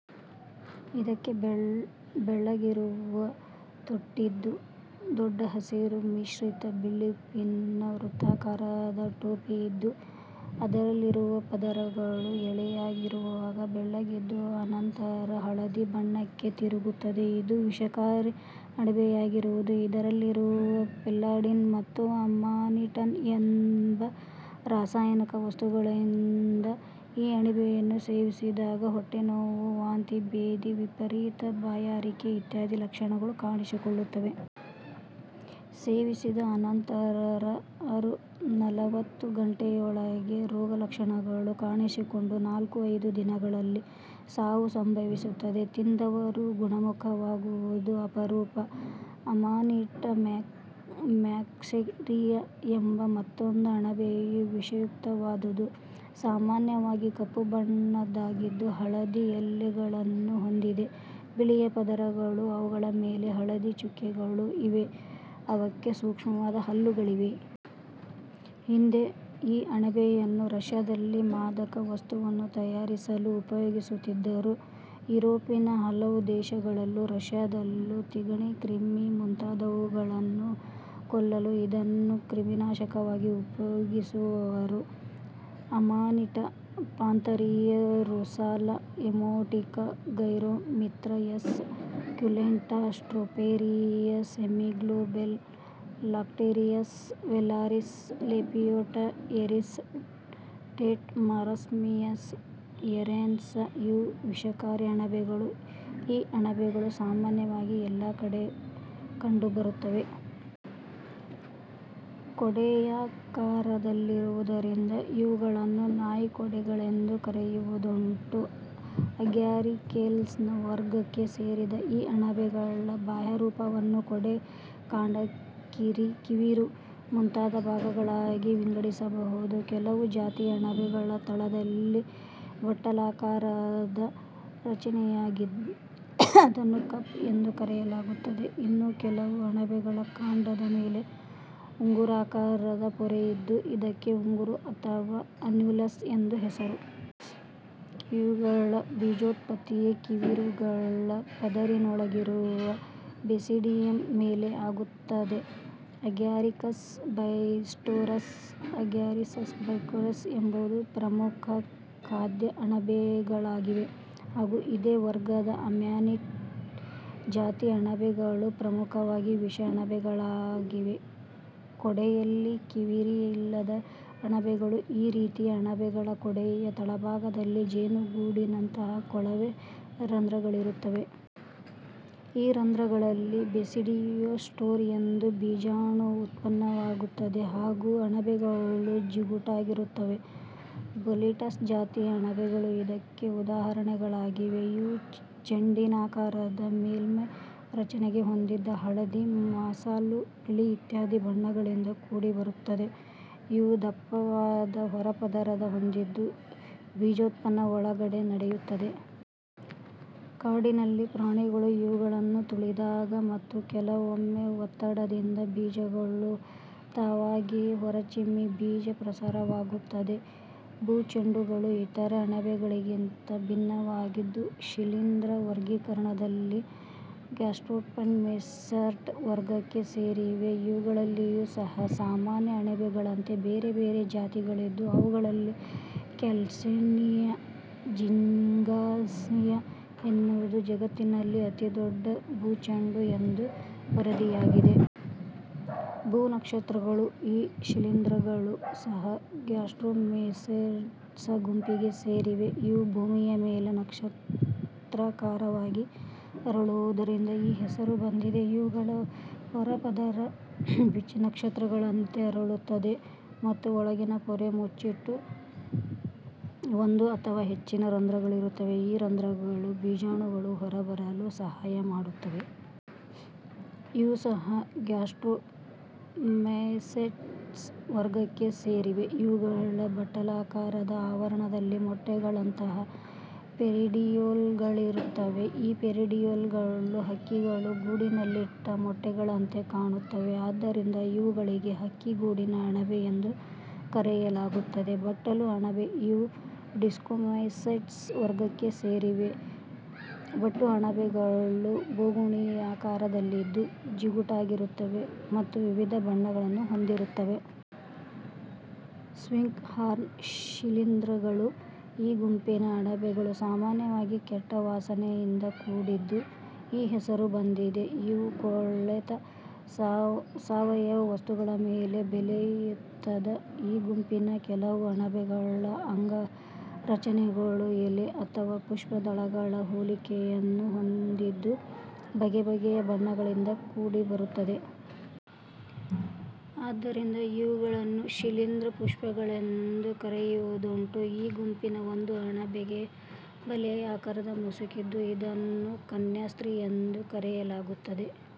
ಇದಕ್ಕೆ ಬೆಳ್ಳಗಿರುವ ತೊಟ್ಟಿದ್ದು, ದೊಡ್ಡ ಹಸಿರು ಮಿಶ್ರಿತ ಬಿಳುಪಿನ ವೃತ್ತಾಕಾರದ ಟೋಪಿಯಿದ್ದು ಅದರಲ್ಲಿರುವ ಪದರಗಳು ಎಳೆಯದಾಗಿರುವಾಗ ಬೆಳ್ಳಗಿದ್ದು ಅನಂತರ ಹಳದಿ ಬಣ್ಣಕ್ಕೆ ತಿರುಗುತ್ತದೆ. ಇದು ವಿಷಕಾರಿ ಅಣಬೆಯಾಗಿರುವುದು ಇದರಲ್ಲಿರುವ ಫೆಲ್ಲಾಡಿನ್ ಮತ್ತು ಅಮಾನಿಟೀನ್ ಎಂಬ ರಾಸಾಯನಿಕ ವಸ್ತುಗಳಿಂದ. ಈ ಅಣಬೆಯನ್ನು ಸೇವಿಸಿದಾಗ ಹೊಟ್ಟೆನೋವು, ವಾಂತಿ, ಭೇದಿ, ವಿಪರೀತ ಬಾಯಾರಿಕೆ ಇತ್ಯಾದಿ ಲಕ್ಷಣಗಳು ಕಾಣಿಸಿಕೊಳ್ಳುತ್ತವೆ. ಸೇವಿಸಿದ ಅನಂತರ ಅರು -ನಲವತ್ತು ಗಂಟೆಯೊಳಗೆ ರೋಗಲಕ್ಷಣಗಳು ಕಾಣಿಸಿಕೊಂಡು ನಾಲ್ಕು -ಐದು ದಿನಗಳಲ್ಲಿ ಸಾವು ಸಂಭವಿಸುತ್ತದೆ. ತಿಂದವರು ಗುಣಮುಖವಾಗುವುದು ಅಪರೂಪ. ಅಮಾನಿಟ ಮ್ಯಾಕ್ಸೆರಿಯಾ ಎಂಬ ಮತ್ತೊಂದು ಅಣಬೆಯೂ ವಿಷಯುಕ್ತವಾದದು. ಸಾಮಾನ್ಯವಾಗಿ ಕಪ್ಪು ಬಣ್ಣದ್ದಾಗಿದ್ದು, ಹಳದಿ ಎಲೆಗಳನ್ನು ಹೊಂದಿದೆ. ಬಿಳಿಯ ಪದರಗಳೂ ಅವುಗಳ ಮೇಲೆ ಹಳದಿ ಚುಕ್ಕೆಗಳೂ ಇವೆ; ಅವಕ್ಕೆ ಸೂಕ್ಷ್ಮವಾದ ಹಲ್ಲುಗಳಿವೆ. ಹಿಂದೆ ಈ ಅಣಬೆಯನ್ನು ರಷ್ಯದಲ್ಲಿ ಮಾದಕ ವಸ್ತುವನ್ನು ತಯಾರಿಸಲು ಉಪಯೋಗಿಸುತ್ತಿದ್ದರು. ಯೂರೋಪಿನ ಹಲವು ದೇಶಗಳಲ್ಲೂ ರಷ್ಯದಲ್ಲೂ ತಿಗಣೆ, ಕ್ರಿಮಿ ಮುಂತಾದುವುಗಳನ್ನು ಕೊಲ್ಲಲು ಇದನ್ನು ಕ್ರಿಮಿನಾಶಕವಾಗಿ ಉಪಯೋಗಿಸುವರು. Amanita pantherina, Russula emetica, Gyromitra esculenta, Stropharia semiglobata, Lactarius vellereus, Lepiota cristata, Marasmius ಯರೆನ್ಸ್-ಇವು ವಿಷಕಾರಿ ಅಣಬೆಗಳು. ಈ ಅಣಬೆಗಳು ಸಾಮಾನ್ಯವಾಗಿ ಎಲ್ಲಾ ಕಡೆ ಕಂಡು ಬರುತ್ತವೆ. ಕೊಡೆಯಾಕಾರದಲ್ಲಿರುವುದರಿಂದ ಇವುಗಳನ್ನು ನಾಯಿಕೊಡೆಗಳೆಂದು ಕರೆಯುವುದುಂಟು. ಅಗ್ಯಾರಿಕೇಲ್ಸ್ ವರ್ಗಕ್ಕೆ ಸೇರಿದ ಈ ಅಣಬೆಗಳ ಬಾಹ್ಯರೂಪವನ್ನು ಕೊಡೆ, ಕಾಂಡ, ಕಿವಿರು ಮುಂತಾದ ಭಾಗಗಳಾಗಿ ವಿಂಗಡಿಸಬಹುದು. ಕೆಲವು ಜಾತಿಯ ಅಣಬೆಗಳ ತಳದಲ್ಲಿ ಬಟ್ಟಲಾಕಾರದ ರಚನೆಯಿದ್ದು ಅದನ್ನು ಕಪ್ ಎಂದು ಕರೆಯಲಾಗುತ್ತದೆ. ಇನ್ನು ಕೆಲವು ಅಣಬೆಗಳ ಕಾಂಡದ ಮೇಲೆ ಉಂಗುರಾಕಾರದ ಪೊರೆಯಿದ್ದು ಇದಕ್ಕೆ ಉಂಗುರ ಅಥವಾ ಅನ್ಯುಲಸ್ ಎಂದು ಹೆಸರು. ಇವುಗಳ ಬೀಜೋತ್ಪತ್ತಿಯ ಕಿವಿರುಗಳ ಪದರಿನೊಳಗಿರುವ ಬೆಸಿಡಿಯಂ ಮೇಲೆ ಆಗುತ್ತದೆ. ಅಗ್ಯಾರಿಕಸ್ ಬೈಸ್ಟೋರಸ್, ಅಗ್ಯಾರಿಕಸ್ ಬೈಟಾರ್ಕಿಸ್ ಎಂಬುವು ಪ್ರಮುಖ ಖಾದ್ಯ ಅಣಬೆಗಳಾಗಿವೆ. ಹಾಗೂ ಇದೇ ವರ್ಗದ ಅಮ್ಯಾನಿಟಾ ಜಾತಿಯ ಅಣಬೆಗಳು ಪ್ರಮುಖವಾಗಿ ವಿಷ ಅಣಬೆಗಳಾಗಿವೆ. ಕೊಡೆಯಲ್ಲಿ ಕಿವಿರಿಲ್ಲದ ಅಣಬೆಗಳು: ಈ ರೀತಿಯ ಅಣಬೆಗಳ ಕೊಡೆಯ ತಳಭಾಗದಲ್ಲಿ ಜೇನುಗೂಡಿನಂತಹ ಕೊಳವೆ ರಂಧ್ರಗಳಿರುತ್ತವೆ. ಈ ರಂಧ್ರಗಳಲ್ಲಿ ಬೆಸಿಡಿಯೋ ಸ್ಪೋರ್ ಎಂಬ ಬೀಜಾಣುವು ಉತ್ಪತ್ತಿಯಾಗುತ್ತವೆ ಹಾಗೂ ಅಣಬೆಗಳು ಜಿಗುಟಾಗಿರುತ್ತವೆ. ಬೋಲಿಟಸ್ ಜಾತಿಯ ಅಣಬೆಗಳು ಇದಕ್ಕೆ ಉದಾಹರಣೆಗಳಾಗಿವೆ. ಇವು ಚೆಂಡಿನಾಕಾರದ ಮೇಲ್ಮೈ ರಚನೆ ಹೊಂದಿದ್ದು, ಹಳದಿ, ಮಾಸಲು ಬಿಳಿ ಇತ್ಯಾದಿ ಬಣ್ಣಗಳಿಂದ ಕೂಡಿರುತ್ತವೆ. ಇವು ದಪ್ಪವಾದ ಹೊರಪದರ ಹೊಂದಿದ್ದು, ಬೀಜೋತ್ಪತ್ತಿ ಒಳಗಡೆಯೇ ನಡೆಯುತ್ತದೆ. ಕಾಡಿನಲ್ಲಿ ಪ್ರಾಣಿಗಳು ಇವುಗಳನ್ನು ತುಳಿದಾಗ ಮತ್ತು ಕೆಲವೊಮ್ಮೆ ಒತ್ತಡದಿಂದ ಬೀಜಗಳು ತಾವಾಗಿಯೇ ಹೊರಚಿಮ್ಮಿ ಬೀಜ ಪ್ರಸಾರವಾಗುತ್ತದೆ. ಭೂ ಚೆಂಡುಗಳು ಇತರೆ ಅಣಬೆಗಳಿಗಿಂತ ಭಿನ್ನವಾಗಿದ್ದು, ಶಿಲೀಂಧ್ರ ವರ್ಗೀಕರಣದಲ್ಲಿ ಗ್ಯಾಸ್ಟ್ರೊಮೈಸೆಟ್ಸ್ ವರ್ಗಕ್ಕೆ ಸೇರಿವೆ. ಇವುಗಳಲ್ಲಿಯೂ ಸಹ ಸಾಮಾನ್ಯ ಅಣಬೆಗಳಂತೆ ಬೇರೆ ಬೇರೆ ಜಾತಿಗಳಿದ್ದು, ಅವುಗಳಲ್ಲಿ ಕ್ಯಾಲ್ವೇಸಿಯಾ ಜಿಂಗಾಂಸಿಯಾ ಎನ್ನುವುದು ಜಗತ್ತಿನಲ್ಲಿ ಅತಿದೊಡ್ಡ ಭೂಚೆಂಡು ಎಂದು ವರದಿಯಾಗಿದೆ. ಭೂ ನಕ್ಷತ್ರಗಳು: ಈ ಶಿಲೀಂಧ್ರಗಳು ಸಹ ಗ್ಯಾಸ್ಟ್ರೋ ಮೈಸೆಟ್ಸ್ ಗುಂಪಿಗೆ ಸೇರಿವೆ. ಇವು ಭೂಮಿಯ ಮೇಲೆ ನಕ್ಷತ್ರಾಕಾರವಾಗಿ ಅರಳುವುದರಿಂದ ಈ ಹೆಸರು ಬಂದಿದೆ. ಇವುಗಳ ಹೊರಪದರ ಬಿಚ್ಚಿ ನಕ್ಷತ್ರಗಳಂತೆ ಅರಳುತ್ತದೆ ಮತ್ತು ಒಳಗಿನ ಪೊರೆ ಮುಚ್ಚಿದ್ದು ಒಂದು ಅಥವಾ ಹೆಚ್ಚಿನ ರಂಧ್ರಗಳಿರುತ್ತವೆ. ಈ ರಂಧ್ರಗಳು ಬೀಜಾಣುಗಳು ಹೊರಬರಲು ಸಹಾಯ ಮಾಡುತ್ತವೆ. ಇವು ಸಹ ಗ್ಯಾಸ್ಟ್ರೋ ಮೈಸೆಟ್ಸ್ ವರ್ಗಕ್ಕೆ ಸೇರಿವೆ. ಇವುಗಳ ಬಟ್ಟಲಾಕಾರದ ಆವರಣದಲ್ಲಿ ಮೊಟ್ಟೆಗಳಂತಹ ಪೆರಿಡಿಯೋಲ್ಗಳಿರುತ್ತವೆ. ಈ ಪೆರಿಡಿಯೋಲ್ಗಳು ಹಕ್ಕಿಗಳು ಗೂಡಿನಲ್ಲಿಟ್ಟ ಮೊಟ್ಟೆಗಳಂತೆ ಕಾಣುತ್ತವೆ. ಆದ್ದರಿಂದ ಇವುಗಳಿಗೆ ಹಕ್ಕಿ ಗೂಡಿನ ಅಣಬೆ ಎಂದು ಕರೆಯಲಾಗಿದೆ. ಬಟ್ಟಲು ಅಣಬೆ: ಇವು ಡಿಸ್ಕೋಮೈಸೆಟ್ಸ್ ವರ್ಗಕ್ಕೆ ಸೇರಿವೆ. ಬಟ್ಟು ಅಣಬೆಗಳು ಬೋಗುಣಿಯಾಕಾರದಲ್ಲಿದ್ದು, ಜಿಗುಟಾಗಿರುತ್ತವೆ ಮತ್ತು ವಿವಿಧ ಬಣ್ಣಗಳನ್ನು ಹೊಂದಿರುತ್ತವೆ. ಸ್ವಿಂಕ್ ಹಾರ್ನ್ ಶಿಲೀಂಧ್ರಗಳು: ಈ ಗುಂಪಿನ ಅಣಬೆಗಳು ಸಾಮಾನ್ಯವಾಗಿ ಕೆಟ್ಟ ವಾಸನೆಯಿಂದ ಕೂಡಿದ್ದು, ಈ ಹೆಸರು ಬಂದಿದೆ. ಇವು ಕೊಳೆತ ಸಾವಯವ ವಸ್ತುಗಳ ಮೇಲೆ ಬೆಲೆಯುತ್ತವೆ. ಈ ಗುಂಪಿನ ಕೆಲವು ಅಣಬೆಗಳ ಅಂಗ ರಚನೆಗಳು ಎಲೆ ಅಥವಾ ಪುಷ್ಪ ದಳಗಳ ಹೋಲಿಕೆಯನ್ನು ಹೊಂದಿದ್ದು, ಬಗೆ ಬಗೆಯ ಬಣ್ಣಗಳಿಂದ ಕೂಡಿರುತ್ತವೆ. ಆದ್ದರಿಂದ ಇವುಗಳನ್ನು ಶಿಲೀಂಧ್ರ ಪುಷ್ಪಗಳೆಂದು ಕರೆಯುವುದುಂಟು. ಈ ಗುಂಪಿನ ಒಂದು ಅಣಬೆಗೆ ಬಲೆಯಾಕಾರದ ಮುಸುಕಿದ್ದು ಇದನ್ನು ಕನ್ಯಾಸ್ತ್ರಿ ಎಂದು ಕರೆಯಲಾಗುತ್ತದೆ.